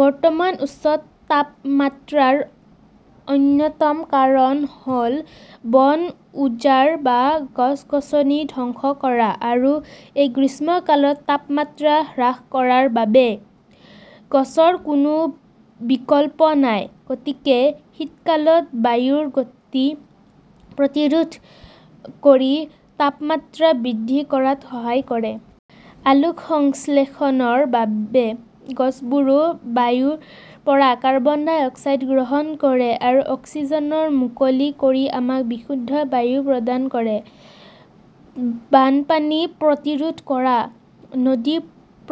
বৰ্তমানৰ উচ্চ তাপমাত্ৰাৰ অন্যতম কাৰণ হ "ল বন উজাৰ বা গছ-গছনি ধ্বংস কৰা। আৰু এই গ্ৰীষ্মকালৰ তাপমাত্ৰা হ্ৰাস কৰাৰ বাবে গছৰ কোনো বিকল্প নাই, লগতে শীতকালত বায়ুৰ গতি প্ৰতিৰোধ কৰি তাপমাত্ৰা বৃদ্ধি কৰাত সহায় কৰে। আলোকসংশ্লেষণৰ বাবে গছবোৰে বায়ুৰ পৰা কাৰ্বন-ডাই অক্সাইড গ্ৰহণ কৰি আৰু অক্সিজেন মুকলি কৰি আমাক বিশুদ্ধ বায়ু প্ৰদান কৰে। বানপানী প্ৰতিৰোধ কৰা, নদী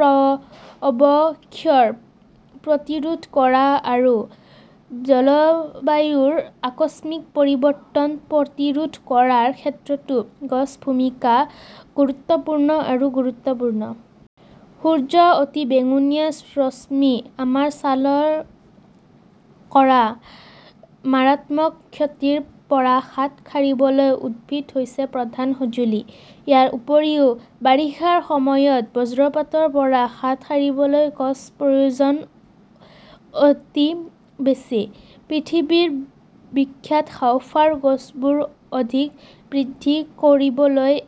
অৱক্ষয় প্ৰতিৰোধ কৰা আৰু জলবায়ুৰ আকস্মিক পৰিৱৰ্তন প্ৰতিৰোধ কৰাৰ ক্ষেত্ৰতো গছৰ ভূমিকা গুৰুত্বপূৰ্ণ আৰু গুৰুত্বপূৰ্ণ। সূৰ্যৰ অতিবেঙুনীয়া ৰশ্মিয়ে আমাৰ ছালক কৰা মাৰাত্মক ক্ষতিৰ পৰা হাত সাৰিবলৈ উদ্ভিদ হৈছে প্ৰধান সঁজুলি। ইয়াৰ উপৰিও বাৰিষাৰ সময়ত বজ্ৰপাতৰ পৰা হাত সাৰিবলৈ গছৰ প্ৰয়োজন অতি বেছি। পৃথিৱীৰ বিখ্যাত হাঁওফাঁওৰ গছবোৰ অধিক বৃদ্ধি কৰিবলৈ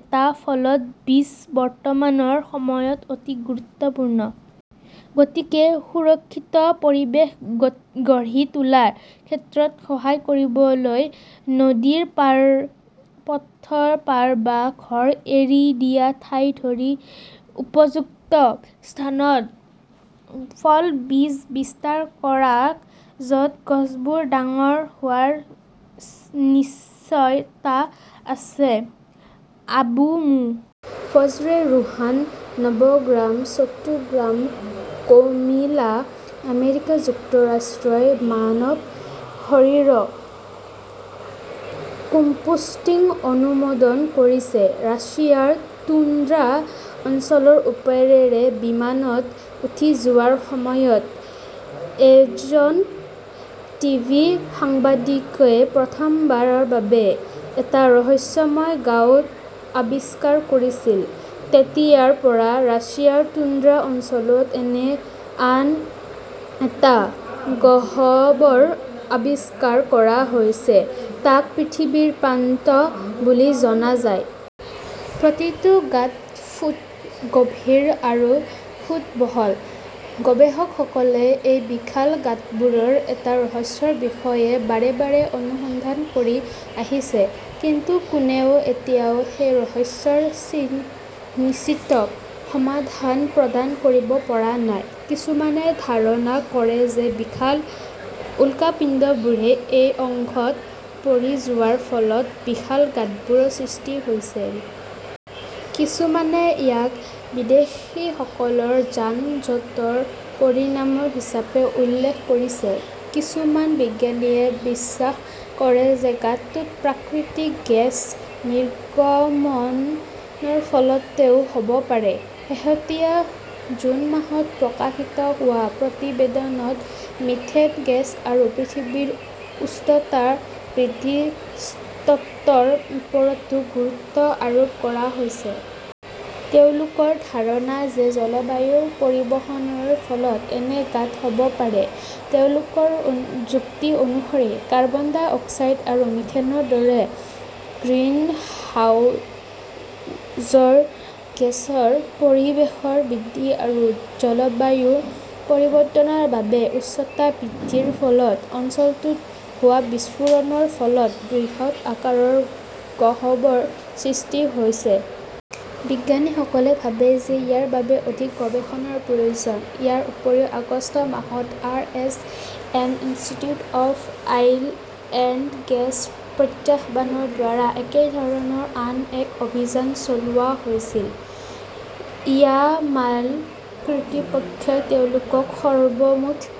এটা ফলৰ বীজ বৰ্তমানৰ সময়ত অতি গুৰুত্বপূৰ্ণ। গতিকে সুৰক্ষিত পৰিৱেশ গঢ়ি তোলাৰ ক্ষেত্ৰত সহায় কৰিবলৈ নদীৰ পাৰ, পথৰ পাৰ বা ঘৰৰ এৰি দিয়া ঠাইকে ধৰি উপযুক্ত স্থানত ফলৰ বীজ বিস্তাৰ কৰক, য 'ত গছবোৰ ডাঙৰ হোৱাৰ নিশ্চয়তা আছে। আবু মো. ফজলে ৰোহান নবগ্ৰাম, চৌদ্দগ্ৰাম, কমিলা। আমেৰিকা যুক্তৰাষ্ট্ৰই মানৱ শৰীৰৰ কম্পোষ্টিং অনুমোদন কৰিছে ৰাছিয়াৰ টুন্দ্ৰা অঞ্চলৰ ওপৰেৰে বিমানত উঠি যোৱাৰ সময়ত এজন টিভি সাংবাদিকই প্ৰথমবাৰৰ বাবে এটা ৰহস্যময় গাঁত আৱিষ্কাৰ কৰিছিল। তেতিয়াৰ পৰা ৰাছিয়াৰ টুন্দ্ৰা অঞ্চলত এনে আন টা গহ্বৰ আৱিষ্কাৰ কৰা হৈছে, যাক পৃথিৱীৰ প্ৰান্ত বুলি জনা যায়। প্ৰতিটো গাঁত ফুট গভীৰ আৰু ফুট বহল। গৱেষকসকলে এই বিশাল গাঁতবোৰৰ এই ৰহস্যৰ বিষয়ে বাৰে বাৰে অনুসন্ধান কৰি আহিছে, কিন্তু কোনেও এতিয়াও সেই ৰহস্যৰ নিশ্চিত সমাধান প্ৰদান কৰিব পৰা নাই। কিছুমানে ধাৰণা কৰে যে বিশাল উল্কাপিংডবোৰে এই অংশত পৰি যোৱাৰ ফলত বিশাল গাঁতবোৰ সৃষ্টি হৈছিল। কিছুমানে ইয়াক বিদেশীসকলৰ যান-জঁটৰ পৰিণাম হিচাপেও উল্লেখ কৰিছে। কিছুমান বিজ্ঞানীয়ে বিশ্বাস কৰে যে গাঁতটো প্ৰাকৃতিক গেছ নিৰ্গমনৰ ফলতও হ "ব পাৰে। শেহতীয়া জুন মাহত প্ৰকাশিত এক প্ৰতিবেদনত মিথেন গেছ আৰু পৃথিৱীৰ উষ্ণতা বৃদ্ধিৰ তত্ত্বৰ ওপৰতো গুৰুত্ব আৰোপ কৰা হৈছে। তেওঁলোকৰ ধাৰণা যে জলবায়ু পৰিৱৰ্তনৰ ফলত এনে গাঁত হ "ব পাৰে। তেওঁলোকৰ যুক্তি অনুসৰি, কাৰ্বন ডাই অক্সাইড আৰু মিথেনৰ দৰে গ্ৰিনহাউজ গেছৰ পৰিৱেশত বৃদ্ধি আৰু জলবায়ু পৰিৱৰ্তনৰ বাবে উষ্ণতা বৃদ্ধিৰ ফলত অঞ্চলটোত হোৱা বিস্ফোৰণৰ ফলত বৃহৎ আকাৰৰ গহ্বৰ সৃষ্টি হৈছে। বিজ্ঞানীসকলে ভাবে যে ইয়াৰ বাবে অধিক গৱেষণাৰ প্ৰয়োজন। ইয়াৰ উপৰিও আগষ্ট মাহত R. A. S. Institute of oil and gas প্ৰত্যাহ্বানৰ দ্বাৰা একেধৰণৰ আন এক অভিযান চলোৱা হৈছিল। ইয়ামাল কৰ্তৃপক্ষই তেওঁলোকৰ সৰ্বমুঠ